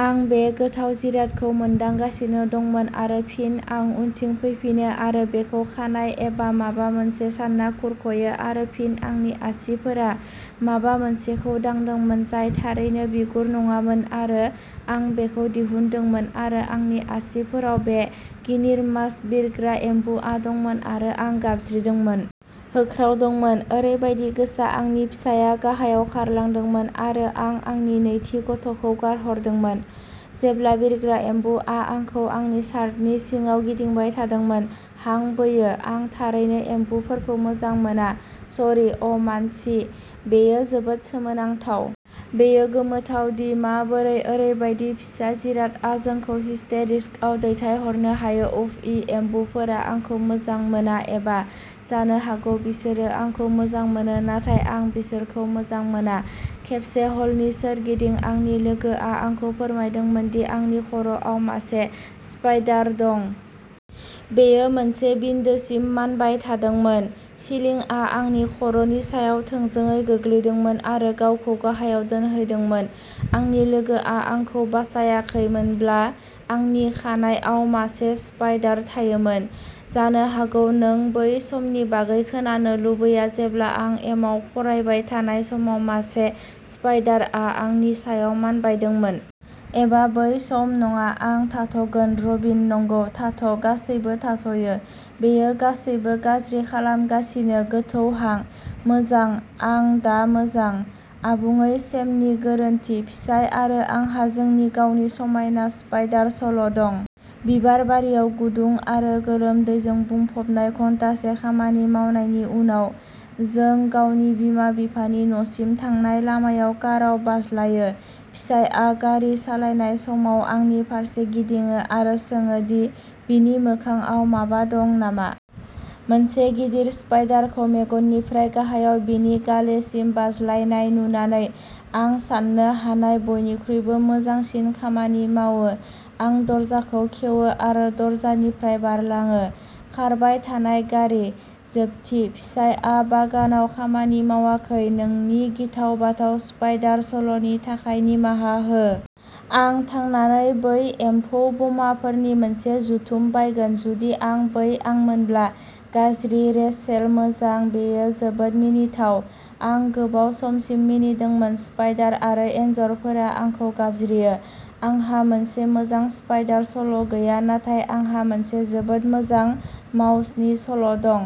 आं बे गोथाव जिरादखौ मोनदांगासिनो दंमोन आरो फिन आं उनथिं फैफिनो आरो बेखौ खानाय एबा माबा मोनसे सानना खुरख'यो आरो फिन आंनि आसिफोरा माबा मोनसेखौ दांदोंमोन जाय थारैनो बिगुर नङामोन आरो आं बेखौ दिहुनदोंमोन आरो आंनि आसिफोराव बे गिनिर्मास बिरग्रा एम्बुआ दंमोन आरो आं गाबज्रिदोंमोन। होख्रावदोंमोन! ओरैबायदि गोसा आंनि फिसाया गाहायाव खारलांदोंमोन आरो आं आंनि नैथि गथ'खौ गारहरदोंमोन, जेब्ला बिरग्रा एम्बुआ आंखौ आंनि शार्टनि सिङाव गिदिंबाय थादोंमोन। हां बोयो। आं थारैनो एम्बुफोरखौ मोजां मोना। शरी अ' मानसि, बेयो जोबोद सोमोनांथाव! बेयो गोमोथाव दि माबोरै ओरैबायदि फिसा जिरादआ जोंखौ हिस्टेरिक्सआव दैथायहरनो हायो। उफ. ई! एम्बुफोरा आंखौ मोजां मोना एबा, जानो हागौ, बिसोरो आंखौ मोजां मोनो नाथाय आं बिसोरखौ मोजां मोना। खेबसे, हलनि सोरगिदिं आंनि लोगोआ आंखौ फोरमायदोंमोन दि आंनि खर'आव मासे स्पाइडार दं। बेयो मोनसे बिन्दोसिम मानबाय थादोंमोन। सिलिंआ आंनि खर'नि सायाव थोंजोङै गोग्लैदोंमोन आरो गावखौ गाहायाव दोनहैदोंमोन। आंनि लोगोआ आंखौ बासायाखैमोनब्ला, आंनि खानाइआव मासे स्पाइडार थायोमोन। जानो हागौ नों बै समनि बागै खोनानो लुबैया जेब्ला आं एमाव फरायबाय थानाय समाव मासे स्पाइडारआ आंनि सायाव मानबायदोंमोन। एबा बै सम नङा, आं थाथ'गोन। रबिन नंगौ, थाथ '! गासैबो थाथ'यो! बेयो गासैबो गाज्रि खालामगासिनो! गोथौ हां। मोजां। आं दा मोजां। आबुङै सेमनि गोरोन्थि। फिसाय आरो आंहा जोंनि गावनि समायना स्पाइडार सल' दं। बिबारबारियाव गुदुं आरो गोलोमदैजों बुंफबनाय घन्टासे खामानि मावनायनि उनाव, जों गावनि बिमा बिफानि न'सिम थांनाय लामायाव काराव बाज्लायो। फिसायआ, गारि सालायनाय समाव, आंनि फारसे गिदिङो आरो सोङो दि बिनि मोखांआव माबा दं नामा। मोनसे गिदिर स्पाइडारखौ मेगननिफ्राय गाहायाव बिनि गालेसिम बाज्लायनाय नुनानै, आं साननो हानाय बयनिख्रुइबो मोजांसिन खामानि मावोः आं दरजाखौ खेवो आरो दरजानिफ्राय बारलाङो। खारबाय थानाय गारि। जोबथिः फिसायआ बागानाव खामानि मावाखै। नोंनि गिथाव बाथाव स्पाइडार सल'नि थाखाय निमाहा हो। आं थांनानै बै एम्फौ बमाफोरनि मोनसे जुथुम बायगोन जुदि आं बै आंमोनब्ला। गाज्रि! रेचेल मोजां, बेयो जोबोद मिनिथाव। आं गोबाव समसिम मिनिदोंमोन। स्पाइडार आरो एनजरफोरा आंखौ गाबज्रियो! आंहा मोनसे मोजां स्पाइडार सल' गैया नाथाय आंहा मोनसे जोबोद मोजां माउसनि सल' दं।